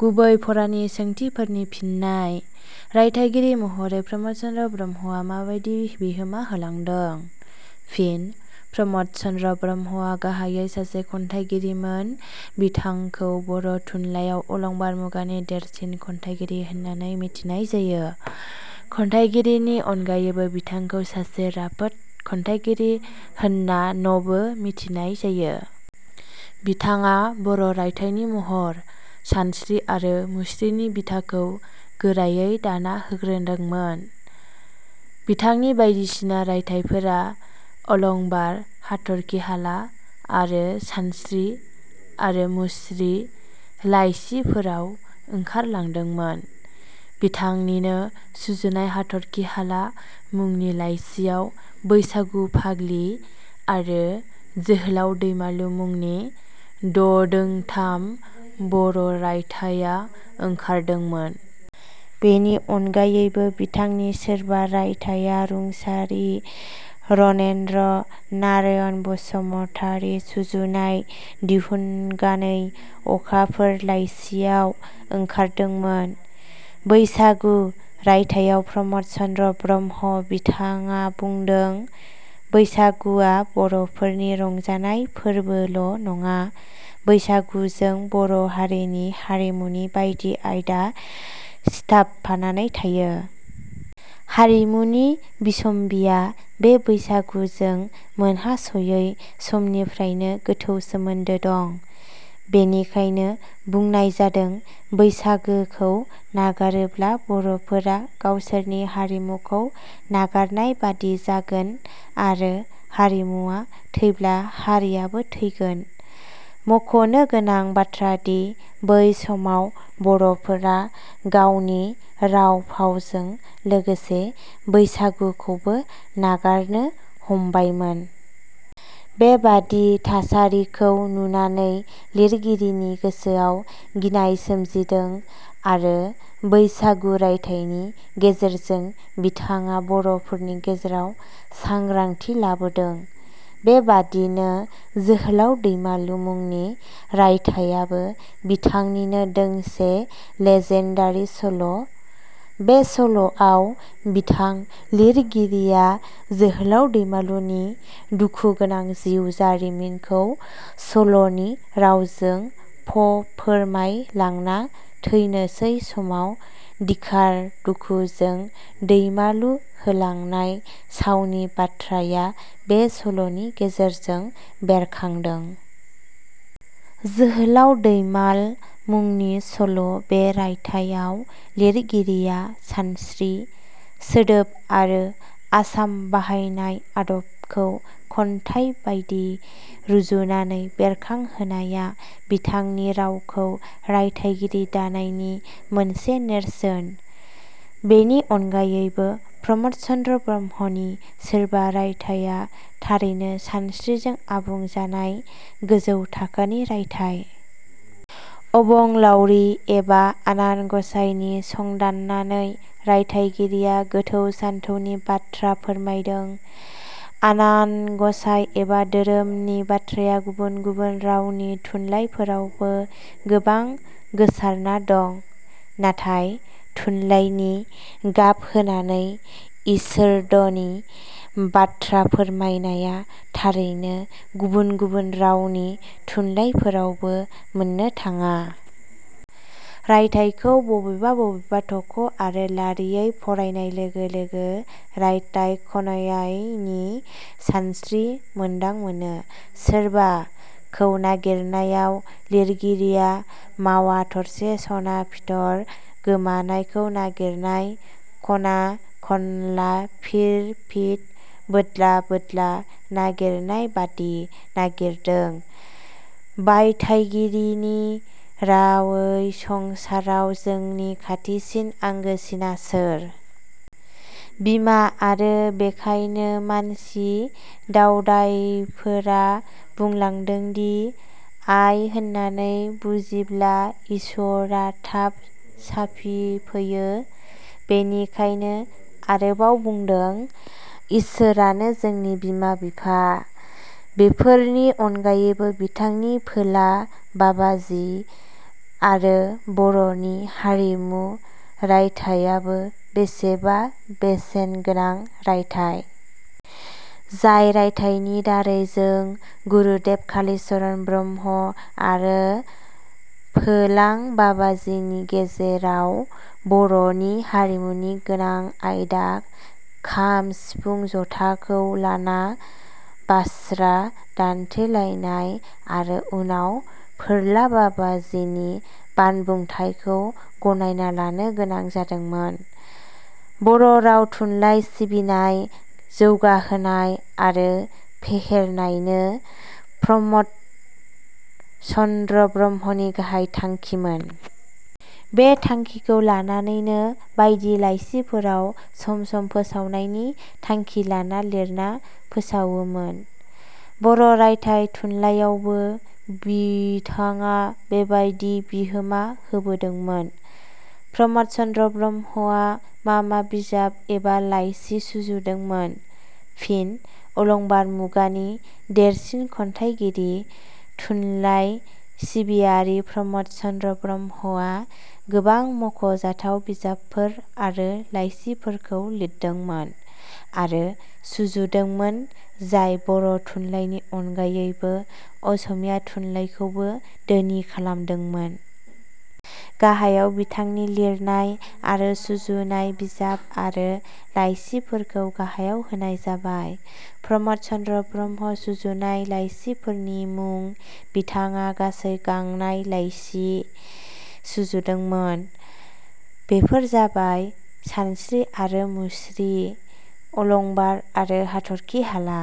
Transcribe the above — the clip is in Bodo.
गुबै फारानि सोंथिफोरनि फिननाय:. रायथाइगिरि महरै प्रम'द चन्द्र ब्रह्मआ माबादि बिहोमा होलांदों? फिन: प्रम'द चन्द्र ब्रह्मआ गाहायै सासे खन्थाइगिरिमोन। बिथांखौ बर' थुनलाइयाव अलंबार मुगानि देरसिन खन्थाइगिरि होननानै मिथिनाय जायो। खन्थाइगिरिनि अनगायैबो बिथांखौ सासे राफोद खन्थाइगिरि होननानबो मिथिनाय जायो। बिथाङा बर' रायथाइनि महर, सानस्रि आरो मुस्रिनि बिथाखौ गोरायै दाना होग्रोदोंमोन। बिथांनि बायदिसिना रायथाइफोरा 'अलंबार', 'हाथर्खि हाला' आरो' सानस्रि' आरो मुस्रि' लाइसिफोराव ओंखारलांदोंमोन। बिथांनिनो सुजुनाय 'हाथर्खि हाला' मुंनि लाइसियाव 'बैसागु' 'फाग्लि' आरो 'जोहोलाव दैमालु' मुंनि ददोंथाम बर' रायथाइया ओंखारदोंमोन। बेनि अनगायैबो बिथांनि 'सोरबा' रायथाया रुंसारि रनेन्द्र नारायण बसुमतारी सुजुनाय दिहुनगानै 'अखाफोर' लाइसियाव ओंखारदोंमोन। 'बैसागु' रायथायाव प्रम'द चन्द्र ब्रह्म बिथाङा बुंदों, बैसागुआ बर'फोरनि रंजानाय फोरबोल' नङा, बैसागुजों बर' हारिनि हारिमुनि बायदि आयदा सिथाबफानानै थायो। हारिमुनि बिसम्बिया बे बैसागुजों मोनहासयै समनिफ्रायनो गोथौ सोमोन्दो दं। बेनिखायनो बुंनाय जादों- बैसागोखौ नागारोब्ला बर'फोरा गावसोरनि हारिमुखौ नागारनाय बादि जागोन आरो हारिमुवा थैब्ला हारियाबो थैगोन। मखनोगोनां बाथ्रादि बै समाव बर'फोरा गावनि राव-फावजों लोगोसे बैसागुखौबो नागारनो हमबायमोन। बेबादि थासारिखौ नुनानै लिरगिरिनि गोसोआव गिनाय सोमजिदों आरो "बैसागु" रायथाइनि गेजेरजों बिथाङा बर'फोरनि गेजेराव सांग्रांथि लाबोदों। बेबादिनो 'जोहोलाव दैमालु' मुंनि रायथायाबो बिथांनिनो दोंसे लिजेण्डारि सल'। बे सल'आव बिथां लिरगिरिया जोहोलाव दैमालुनि दुखुगोनां जिउ जारिमिनखौ सल'नि रावजों फफोरमायलांना थैनोसै समाव दिखार-दुखुजों दैमालु होलांनाय सावनि बाथ्राया बे सल'नि गेजेरजों बेरखांदों। "जोहोलाव दैमाल" मुंनि सल', बे रायथाइआव लिरगिरिया सानस्रि, सोदोब आरो आसाम बाहायनाय आदबखौ खन्थाइबादि रुजुनानै बेरखांहोनाया बिथांनि रावखौ राइथाइगिरि दानायनि मोनसे नेरसोन। बेनि अनगायैबो प्रम'द चन्द्र ब्रह्मनि 'सोरबा' रायथाया थारैनो सानस्रिजों आबुं जानाय गोजौ थाखोनि रायथाइ। अबंलाउरि एबा आनान गसाइनि संदाननानै रायथाइगिरिया गोथौ सानथौनि बाथ्रा फोरमायदों। आनान गसाइ एबा दोहोरोमनि बाथ्राया गुबुन गुबुन रावनि थुनलाइफोरावबो गोबां गोसारना दं। नाथाय थुनलाइनि गाब होनानै इसोरधनि बाथ्रा फोरमायनाया थारैनो गुबुन गुबुन रावनि थुनलाइफोरावबो मोननो थाङा। रायथाइखौ बबेबा बबेबा थख' आरो लारियै फरायनाय लोगो लोगो रायथाइ-खन्याइ '' नि सानस्रि मोन्दां मोनो। 'सोरबा' खौ नागिरनायाव लिरगिरिया मावा थरसे सना फिथर गोमानायखौ नागिरनाय, ख'ना- खनला, फिर-फिद बोदला-बोदला नागिरनायबादि नागिरदों। बायथाइगिरिनि रावै- 'संसाराव जोंनि खाथिसिन आंगोसिना सोर? बिमा आरो बेखायनो मानसि दावदायफोरा बुंलांदोंदि आइ होननानै फुजिब्ला इस्वोरा थाब साफिफैयो। ' बेनिखायनो आरोबाव बुंदों- 'इसोरानो जोंनि बिमा बिफा। ' बेफोरनि अनगायैबो बिथांनि 'फोला बाबाजि आरो बर 'नि हारिमु' रायथायाबो बेसेबा बेसेनगोनां रायथाइ। जाय रायथाइनि दारै जों गुरुदेव कालीचरण ब्रह्म आरो फोलाँ बाबाजिनि गेजेराव बर 'नि हारिमुनि गोनां आयदा खाम, सिफुं, जथाखौ लाना बाश्रा दान्थेलायनाय आरो उनाव फोर्ला बाबाजिनि बानबुंथायखौ गनायना लानो गोनां जादोंमोन। बर' राव थुनलाइ सिबिनाय जौगाहोनाय आरो फेहेरनायनो प्रम 'द चन्द्र ब्रह्मनि गाहाय थांखिमोन। बे थांखिखौ लानानैनो बायदि लाइसिफोराव सम सम फोसावनायनि थांखि लाना लिरना फोसावोमोन। बर' रायथाइ थुनलायावबो विथाडा बेबादि बिहोमा होबोदोंमोन।. प्रम'द चन्द्र ब्रह्मआ मा मा बिजाब एबा लाइसि सुजुदोंमोन? फिन: अलंबार मुगानि देरसिन खन्थाइगिरि, थुनलाइ सिबियारि प्रम'द चन्द्र ब्रह्मआ गोबां मख'जाथाव बिजाबफोर आरो लाइसिफोरखौ लिरदोंमोन आरो सुजुदोंमोन जाय बर' थुनलायनि अनगायैबो असमिया थुनलाइखौबो धोनि खालामदोंमोन। गाहायाव बिथांनि लिरनाय आरो सुजुनाय बिजाब आरो लाइसिफोरखौ गाहायाव होनाय जाबाय- प्रम'द चन्द्र ब्रह्म सुजुनाय लाइसिफोरनि मुं: बिथाङा गासै गांनाय लाइसि सुजुदोंमोन। बेफोर जाबाय-सानस्रि आरो मुस्रि, अलंबार आरो हाथर्खि हाला।